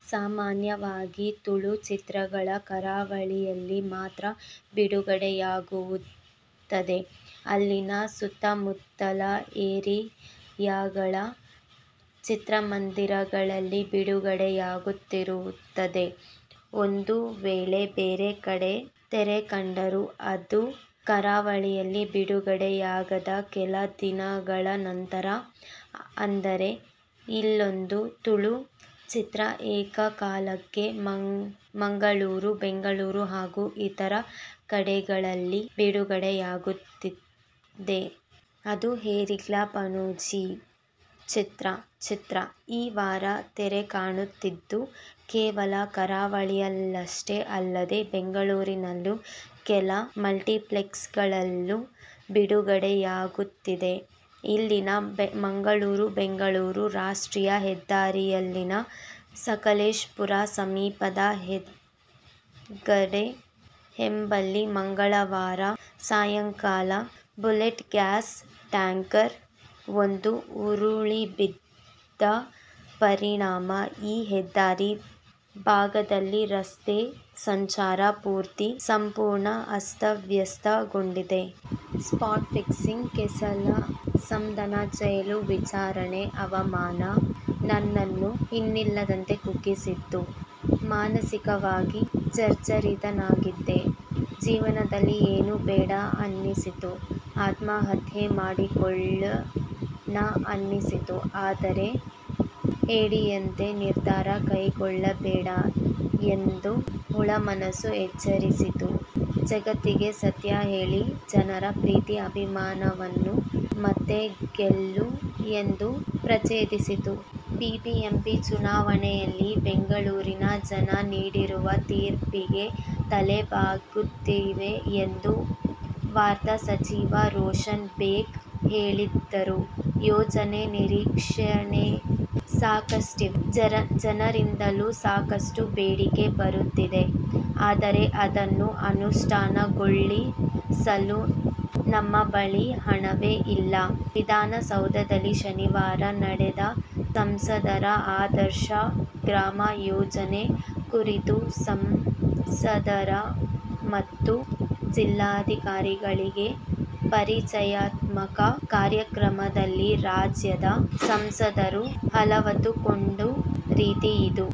ಸಾಮಾನ್ಯವಾಗಿ ತುಳು ಚಿತ್ರಗಳು ಕರಾವಳಿಯಲ್ಲಿ ಮಾತ್ರ ಬಿಡುಗಡೆಯಾಗುತ್ತವೆ. ಅಲ್ಲಿನ ಸುತ್ತಮುತ್ತಲ ಏರಿಯಾಗಳ ಚಿತ್ರಮಂದಿರಗಳಲ್ಲಿ ಬಿಡುಗಡೆಯಾಗುತ್ತಿರುತ್ತದೆ. ಒಂದು ವೇಳೆ ಬೇರೆ ಕಡೆ ತೆರೆಕಂಡರೂ ಅದು ಕರಾವಳಿಯಲ್ಲಿ ಬಿಡುಗಡೆಯಾದ ಕೆಲ ದಿನಗಳ ನಂತರ. ಆದರೆ ಇಲ್ಲೊಂದು ತುಳು ಚಿತ್ರ ಏಕಕಾಲಕ್ಕೆ ಮಂಗಳೂರು, ಬೆಂಗಳೂರು ಹಾಗೂ ಇತರ ಕಡೆಗಳಲ್ಲಿ ಬಿಡುಗಡೆಯಾಗುತ್ತಿದೆ. ಅದು "ಏರೆಗ್ಲಾ ಪನೊಡ್ಜಿ' ಚಿತ್ರ. ಚಿತ್ರ ಈ ವಾರ ತೆರೆಕಾಣುತ್ತಿದ್ದು, ಕೇವಲ ಕರಾವಳಿಯಷ್ಟೇ ಅಲ್ಲದೇ, ಬೆಂಗಳೂರಿನ ಕೆಲ ಮಲ್ಟಿಪ್ಲೆಕ್ಸ್ಗಳಲ್ಲೂ ಬಿಡುಗಡೆಯಾಗುತ್ತಿದೆ. ಇಲ್ಲಿನ ಮಂಗಳೂರು- ಬೆಂಗಳೂರು ರಾಷ್ಟ್ರೀಯ ಹೆದ್ದಾರಿಯಲ್ಲಿನ ಸಕಲೇಶಪುರ ಸಮೀಪದ ಹೆಗ್ಗದ್ದೆ ಎಂಬಲ್ಲಿ ಮಂಗಳವಾರ ಸಾಯಂಕಾಲ ಬುಲೆಟ್ ಗ್ಯಾಸ್ ಟ್ಯಾಂಕರ್ ಒಂದು ಉರುಳಿಬಿದ್ದ ಪರಿಣಾಮ ಈ ಹೆದ್ದಾರಿ ಭಾಗದಲ್ಲಿ ರಸ್ತೆ ಸಂಚಾರ ಸಂಪೂರ್ಣ ಅಸ್ತವ್ಯಸ್ತಗೊಂಡಿದೆ. ಸ್ಪಾಟ್ಫಿಕ್ಸಿಂಗ್ ಕೇಸಲ್ಲಿ ಬಂಧನ, ಜೈಲು, ವಿಚಾರಣೆ, ಅವಮಾನ ನನ್ನನ್ನು ಇನ್ನಿಲ್ಲದಂತೆ ಕುಗ್ಗಿಸಿತ್ತು. ಮಾನಸಿಕವಾಗಿ ಜರ್ಝರಿತನಾಗಿದ್ದೆ. ಜೀವನದಲ್ಲಿ ಏನೂ ಬೇಡ ಅನಿಸಿತ್ತು. ಆತ್ಮಹತ್ಯೆ ಮಾಡಿಕೊಳ್ಳೋಣ ಅನಿಸಿತ್ತು. ಆದರೆ, ಹೇಡಿಯಂತೆ ನಿರ್ಧಾರ ಕೈಗೊಳ್ಳಬೇಡ ಎಂದು ಒಳಮನಸ್ಸು ಎಚ್ಚರಿಸಿತು. ಜಗತ್ತಿಗೆ ಸತ್ಯ ಹೇಳಿ, ಜನರ ಪ್ರೀತಿ-ಅಭಿಮಾನವನ್ನು ಮತ್ತೆ ಗೆಲ್ಲು ಎಂದು ಪ್ರಚೋದಿಸಿತು. ಬಿಬಿಎಂಪಿ ಚುನಾವಣೆಯಲ್ಲಿ ಬೆಂಗಳೂರಿನ ಜನ ನೀಡಿರುವ ತೀರ್ಪಿಗೆ ತಲೆಬಾಗುತ್ತೇವೆ ಎಂದು ವಾರ್ತಾ ಸಚಿವ ರೋಷನ್ ಬೇಗ್ ಹೇಳಿದರು. ಯೋಜನೆ ನಿರೀಕ್ಷೆಗಳೇನೋ ಸಾಕಷ್ಟಿವೆ. ಜನರಿಂದಲೂ ಸಾಕಷ್ಟು ಬೇಡಿಕೆ ಬರುತ್ತಿದೆ. ಆದರೆ, ಅದನ್ನು ಅನುಷ್ಠಾನಗೊಳಿಸಲು ನಮ್ಮ ಬಳಿ ಹಣವೇ ಇಲ್ಲ! ವಿಧಾನಸೌಧದಲ್ಲಿ ಶನಿವಾರ ನಡೆದ ಸಂಸದರ ಆದರ್ಶ ಗ್ರಾಮ ಯೋಜನೆ ಕುರಿತು ಸಂಸದರು ಮತ್ತು ಜಿಲ್ಲಾಧಿಕಾರಿಗಳಿಗೆ ಪರಿಚಯಾತ್ಮಕ ಕಾರ್ಯಕ್ರಮದಲ್ಲಿ ರಾಜ್ಯದ ಸಂಸದರು ಅಲವತ್ತುಕೊಂಡ ರೀತಿ ಇದು.